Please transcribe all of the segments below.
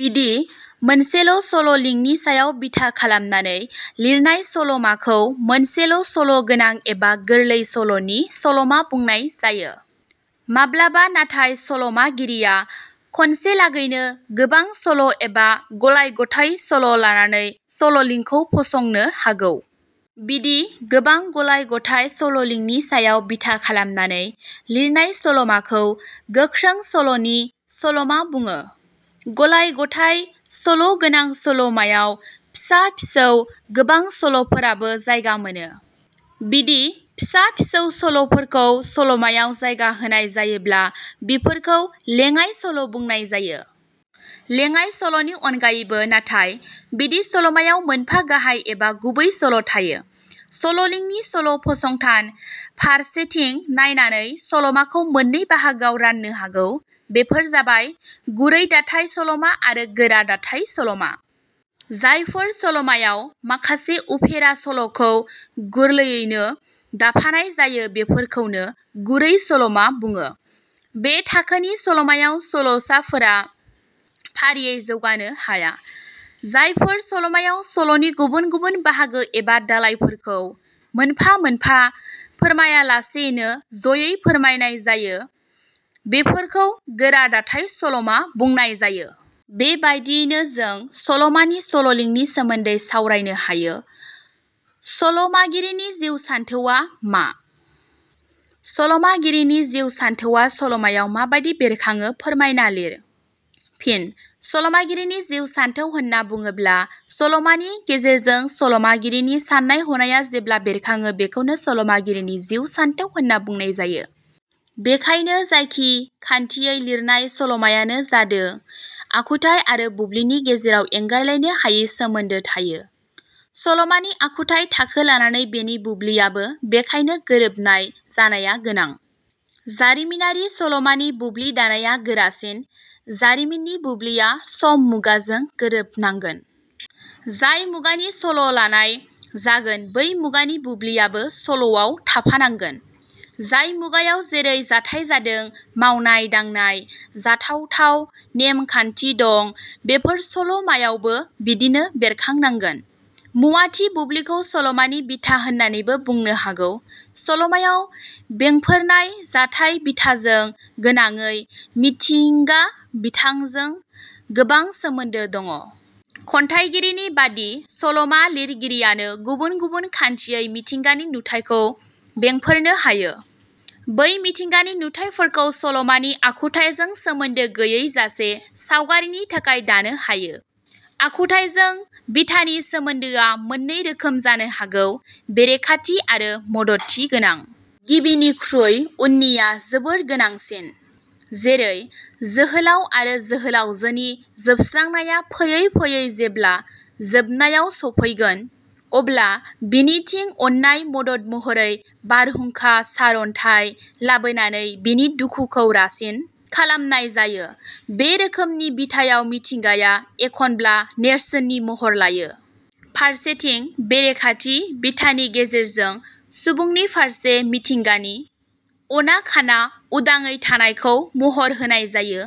बिदि मोनसेल' सल 'लिंनि सायाव बिथा खालामनानै लिरनाय सल 'माखौ मोनसेल' सल 'गोनां एबा गोरलै सल 'नि सल'मा बुंनाय जायो। माब्लाबा नाथाय सल 'मागिरिया खनसेलागैनो गोबां सल' एबा गलाय-गथाय सल' लानानै सल 'लिंखौ फसंनो हागौ। बिदि गोबां गलाय गथाय सल 'लिंनि सायाव बिथा खालामनानै लिरनाय सल 'माखौ गोख्रों सल 'नि सल'मा बुङो। गलाय-गथाय सल'गोनां सल 'मायाव फिसा फिसौ गोबां सल'फोराबो जायगा मोनो। बिदि फिसा फिसौ सल 'फोरखौ सल 'मायाव जायगा होनाय जायोब्ला बिफोरखौ लेंङाइ सल' बुंनाय जायो। लेङाइ सल 'नि अनगायैबो नाथाय बिदि सल 'मायाव मोनफा गाहाइ एबा गुबै सल' थायो। सल 'लिंनि सल' फसंथान फारसिं नायनानै सल 'माखौ मोननै बाहागोआव राननो हागौ। बेफोर जाबाय-गुरुं दाथाइ सल'मा आरो गोरा दाथाइ सल'मा। जायफोर सल'मायाव माखासे उफेसा सल'खौ गुरुङैनो दाफानाय जायो बेफोरखौनो गुरुं सल'मा बुङो। बे थाखोनि सल'मायाव सल 'साफोरा फारियै जौगानो हाया। जायफोर सल'मायाव सल'नि गुबुन गुबुन बाहागो एबा दालाइफोरखौ मोनफा मोनफा फोरमायालासेनो ज'यै फोरमायनाय जायो बेफोरखौ गोरा दाथाइ सल'मा बुंनाय जायो। बेबादियैनो जों सल 'मानि सल 'लिंनि सोमोन्दै सावरायनो हायो। सल मागिरिनि जिउ सान्थौवा मा? सल 'मागिरिनि जिउ सानथौवा सल 'मायाव माबादि बेरखाङो फोरमायना लिर। फिन: सल'मागिरिनि जिउ सानथौ होनना बुङोब्ला सल'मानि गेजेरजों सल 'मागिरिनि साननाय हनाया जेबला बेरखाङो बेखौनो सल 'मागिरिनि जिउ सानथौ होनना बुंनाय जायो। बेखायनो जायखि खान्थियै लिरनाय सल'मायानो जादों आखुथाइ आरो बुब्लिनि गेजेरा एंगारलायनो हायै सोमोन्दो थायो। सलमानि आखुथाइ थाखो लानानै बेनि बुब्लियाबो बेखायनो गोरोबनाय जानाया गोनां। जारिमिनारि सल'मानि बुब्लि दानाया गोरासिन। जारिमिननि बुब्लिया सम-मुगाजों गोरोबनांगोन। जाय मुगानि सल' लानाय, जागोन बै मुगानि बुब्लियाबो सल'आव थाफानांगोन। जाय मुगायाव जेरै जाथाइ जादों, मावनाय-दांनाय, जाथाव-थाव नेम-खान्थि दं, बेफोर सल 'मायावबो बिदिनो बेरखांनांगोन। मुवाथि बुब्लिखौ सलमानि बिथा होननानैबो बुंनो हागौ। सल 'मायाव बेंफोरनाय जाथाय-बिथाजों गोनाङै मिथिंगा बिथाजों गोबां सोमोन्दो दं। खन्थाइगिरिनि बादि सल'मा लिरगिरियानो गुबुन गुबुन खान्थियै मिथिंगानि नुथायखौ बेंफोरनो हायो। बै मिथिंगानि नुथायफोरखौ सल'मानि आखुथाइजों सोमोन्दो गैयै जासे सावगारिनि थाखाय दानो हायो। आखुथाइजों बिथानि सोमोन्दोआ मोननै रोखोम जानो हागौ- बेरेखाथि आरो मददथि गोनां। गिबिनिख्रुइ उननिया जोबोर गोनांसिन। जेरै जोहोलाव आरो जोहोलावजोनि जोबस्रांनाया फैयै फैयै जेब्ला जोबथायाव सफैगोन, अब्ला बिनिथिं अननाय मदद महरै बारहुंखा सारन्थाइ लाबोनानै बिनि दुखुखौ रासिन खालामनाय जायो। बे रोखोमनि बिथायाव मिथिंगाया एखम्बा नेरसोन नि महर लायो। फारसेथिं बेरेखाथि बिथानि गेजेरजों सुबुंनि फारसे मिथिंगानि अनाखाना उदाङै थानायखौ महर होनाय जायो।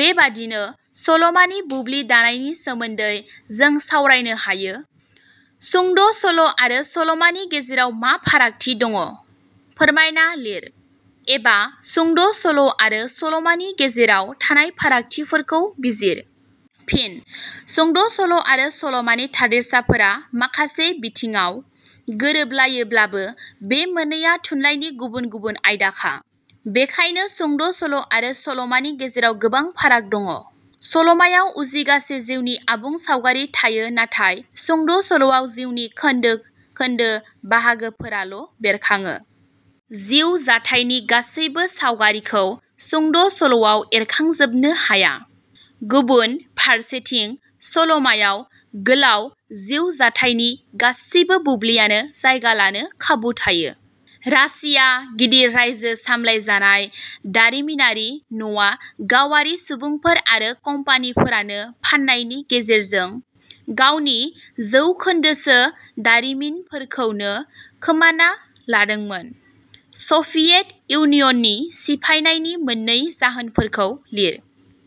बेबादिनो सलमानि बुब्लि दानायनि सोमोन्दै जों सावरायनो हायो। सुंद' सल' आरो सलमानि गेजेराव मा फारागथि दं फोरमायना लिर। "एबा" सुंद' सल' आरो सलमानि गेजेराव थानाय फारागथिफोरखौ बिजिर। फिन: सुंद' सल' आरो सलमानि थादेरसाफोरा माखासे बिथिडाव गोरोबलायोब्लाबो बे मोननैया थुनलाइनि गुबुन गुबुन आयदाखा। बेखायनो सुंद' सल' आरो सल 'मानि गेजेराव गोबां फाराग दं। सल 'मायाव उजिगासे जिउनि आबुं सावगारि थायो नाथाय सुंद' सल'आव जिउनि खोन्दो खोन्दो बाहागोफोराल' बेरखाङो। जिउ जाथाइनि गासैबो सावगारिखौ सुंद' सल'आव एरखांजोबनो हाया। गुबुन फारसेथिं सल 'मायाव गोलाव जिउ जाथाइनि गासैबो बुब्लियानो जायगा लानो खाबु थायो। रासिया गिदिर रायजो सामलायजानाय दारिमिनारि न'आ गावारि सुबुंफोर आरो कम्पानिफोरनो फाननायनि गेजेरजों गावनि जौखोन्दोसो दारिमिनफोरखौ खोमाना लादोंमोन। सभियेट इउनियननि सिफायनायनि मोननै जाहोनफोरखौ लिर?